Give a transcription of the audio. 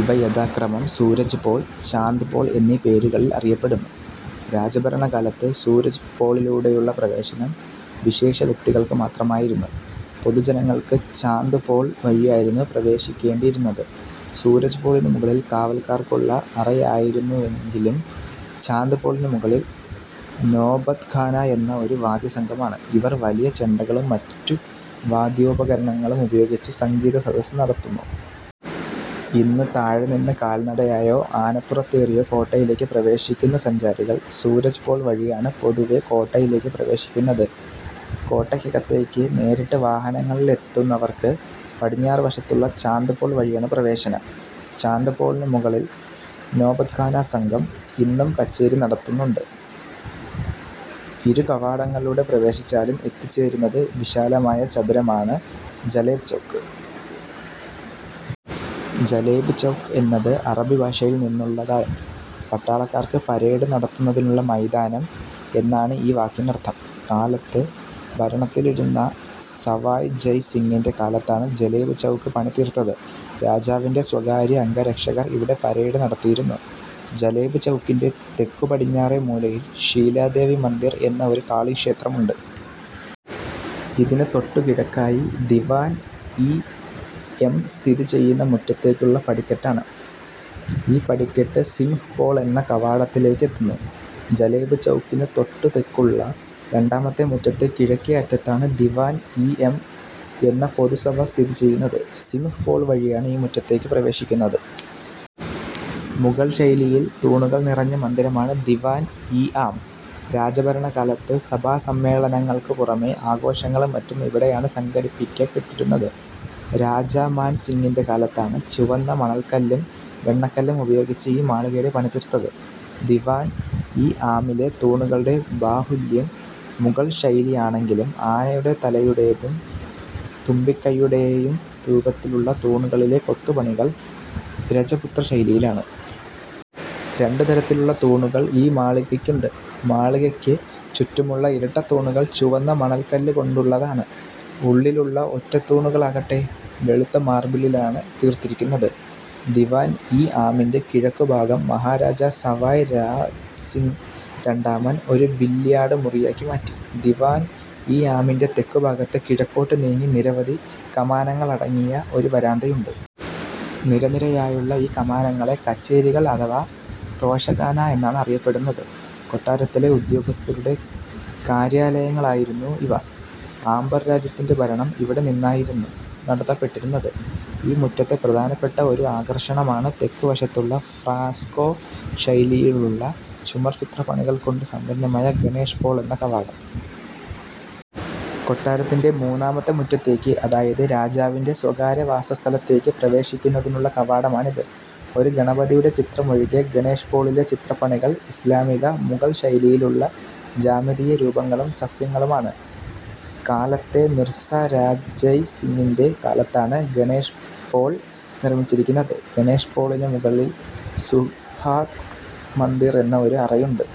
ഇവ യഥാക്രമം സൂരജ് പോൾ, ചാന്ദ് പോൾ എന്നീ പേരുകളീൽ അറിയപ്പെടുന്നു. രാജഭരണകാലത്ത് സൂരജ് പോളിലൂടെയുള്ള പ്രവേശനം വിശേഷവ്യക്തികൾക്കു മാത്രമായിരുന്നു. പൊതുജനങ്ങൾക്ക് ചാന്ദ് പോൾ വഴിയായിരുന്നു പ്രവേശിക്കേണ്ടീയിരുന്നത്. സൂരജ് പോളിനു മുകളിൽ കാവൽക്കാർക്കുള്ള അറയായിരുന്നെങ്കിൽ ചാന്ദ് പോളിനു മുകളിൽ നോബത്ഖാന എന്ന ഒരു വാദ്യസംഘമാണ്. ഇവർ വലിയ ചെണ്ടകളും മറ്റു വാദ്യോപകരണങ്ങളും ഉപയോഗിച്ച് സംഗീതസദസ്സ് നടത്തുന്നു. ഇന്ന് താഴെ നിന്ന് കാൽനടയായോ, ആനപ്പുറത്തേറിയോ കോട്ടയിലേക്ക് പ്രവേശിക്കുന്ന സഞ്ചാരികൾ സൂരജ് പോൾ വഴിയാണ് പൊതുവേ കോട്ടയിലേക്ക് പ്രവേശിക്കുന്നത്. കോട്ടക്കകത്തേക്ക് നേരിട്ട് വാഹനങ്ങളിൽ എത്തുന്നവർക്ക് പടിഞ്ഞാറുവശത്തുള്ള ചാന്ദ് പോൾ വഴിയാണ് പ്രവേശനം. ചാന്ദ് പോളിനു മുകളിൽ നോബത്ഖാന സംഘം, ഇന്നും കച്ചേരി നടത്തുന്നുണ്ട്. ഇരുകവാടങ്ങളിലൂടെ പ്രവേശിച്ചാലും എത്തിച്ചേരുന്ന വിശാലമായ ചതുരമാണ് ജലേബ് ചൗക്ക്. ജലേബ് ചൗക്ക് എന്നത് അറബിഭാഷയിൽ നിന്നുള്ളതാണ്. പട്ടാളക്കാർക്ക് പരേഡ് നടത്തുന്നതിനുള്ള മൈതാനം എന്നാണ് ഈ വാക്കിനർത്ഥം. കാലത്ത് ഭരണത്തിലിരുന്ന സവായ് ജയ് സിങ്ങിന്റെ കാലത്താണ് ജലേബ് ചൗക്ക് പണി തീർത്തത്. രാജാവിന്റെ സ്വകാര്യ അംഗരക്ഷകർ ഇവിടെ പരേഡ് നടത്തിയിരുന്നു. ജലേബ് ചൗക്കിന്റെ തെക്കുപടിഞ്ഞാറെ മൂലയിൽ ശീലാദേവി മന്ദിർ എന്ന ഒരു കാളീക്ഷേത്രമുണ്ട്. ഇതിന് തൊട്ടുകിഴക്കായി ദിവാൻ-ഇ എം സ്ഥിതി ചെയ്യുന്ന മുറ്റത്തേക്കുള്ള പടിക്കെട്ടാണ്. ഈ പടിക്കെട്ട്, സിംഹ് പോൾ എന്ന കവാടത്തിലേക്കെത്തുന്നു. ജലേബ് ചൗക്കിന് തൊട്ട് തെക്കുള്ള രണ്ടാമത്തെ മുറ്റത്ത് കിഴക്കേ അറ്റത്താണ് ദിവാൻ ഇ എം എന്ന പൊതുസഭ സ്ഥിതി ചെയ്യുന്നത്. സിംഹ് പോൾ വഴിയാണ് ഈ മുറ്റത്തേക്ക് പ്രവേശിക്കുന്നത്. മുഗൾ ശൈലിയിൽ തൂണുകൾ നിറഞ്ഞ മന്ദിരമാണ് ദിവാൻ ഇ ആം. രാജഭരണകാലത്ത് സഭാസമ്മേളനങ്ങൾക്കു പുറമേ ആഘോഷങ്ങളും മറ്റും ഇവിടെയാണ് സംഘടിപ്പിക്കപ്പെട്ടിരുന്നത്. രാജ മാൻ സിങ്ങിന്റെ കാലത്താണ് ചുവന്ന മണൽക്കല്ലും വെണ്ണക്കല്ലും ഉപയോഗിച്ച് ഈ മാളികയുടെ പണി തീർത്തത്. ദിവാൻ ഇ ആമിലെ തൂണുകളുടെ ബാഹുല്യം മുഗൾ ശൈലിയാണെങ്കിലും, ആനയുടെ തലയുടേയും തുമ്പിക്കൈയുംടേയും രൂപത്തിലുള്ള, തൂണുകളിലെ കൊത്തുപണികൾ രജപുത്രശൈലിയിലാണ്. രണ്ടു തരത്തിലുള്ള തൂണുകൾ ഈ മാളികക്കുണ്ട്. മാളികക്ക് ചുറ്റുമുള്ള ഇരട്ടത്തൂണുകൾ ചുവന്ന മണൽക്കല്ലുകൊണ്ടുള്ളതാണ്. ഉള്ളിലുള്ള ഒറ്റത്തൂണുകളാകട്ടെ, വെളുത്ത മാർബിളിലാണ് തീർത്തിരിക്കുന്നത്. ദിവാൻ ഇ ആമിന്റെ കിഴക്കുഭാഗം, മഹാരാജ സവായ് രാംസിങ് രണ്ടാമൻ, ഒരു ബില്യാർഡ് മുറിയാക്കി മാറ്റി. ദിവാൻ ഇ ആമിന്റെ തെക്കുഭാഗത്ത് കിഴക്കോട്ട് നീങ്ങി നിരവധി കമാനങ്ങളടങ്ങിയ ഒരു വരാന്തയുണ്ട്. നിരനിരയായുള്ള ഈ കമാനങ്ങളെ കച്ചേരികൾ അഥവാ തോശഖാന എന്നാണ് അറിയപ്പെട്ടിരുന്നത്. കൊട്ടാരത്തിലെ ഉദ്യോഗസ്ഥരുടെ കാര്യാലയങ്ങളായിരുന്നു ഇവ. ആംബർ രാജ്യത്തിന്റെ ഭരണം ഇവിടെ നിന്നായിരുന്നു നടത്തപ്പെട്ടിരുന്നത്. ഈ മുറ്റത്തെ പ്രധാനപ്പെട്ട ഒരു ആകർഷണമാണ് തെക്കുവശത്തുള്ള ഫ്രസ്കോ ശൈലിയിലുള്ള ചുമർചിത്രപ്പണികൾ കൊണ്ട് സമ്പന്നമായ ഗണേശ് പോൾ എന്ന കവാടം. കൊട്ടാരത്തിന്റെ മൂന്നാമത്തെ മുറ്റത്തേക്ക് അതായത് രാജാവിന്റെ സ്വകാര്യവാസസ്ഥലത്തേക്ക് പ്രവേശിക്കുന്നതിനുള്ള കവാടമാണിത്. ഒരു ഗണപതിയുടെ ചിത്രമൊഴികെ ഗണേശ് പോളിലെ ചിത്രപ്പണികൾ ഇസ്ലാമിക/മുഗൾ ശൈലിയിലുള്ള ജ്യാമിതീയരൂപങ്ങളും സസ്യങ്ങളുമാണ്. കാലത്തെ മിർസ രാജ ജയ് സിങ്ങിന്റെ കാലത്താണ് ഗണേശ് പോൾ നിർമ്മിച്ചിരിക്കുന്നത്. ഗണേശ് പോളിന് മുകളിൽ സുഹാഗ് മന്ദിർ എന്ന ഒരു അറയുണ്ട്.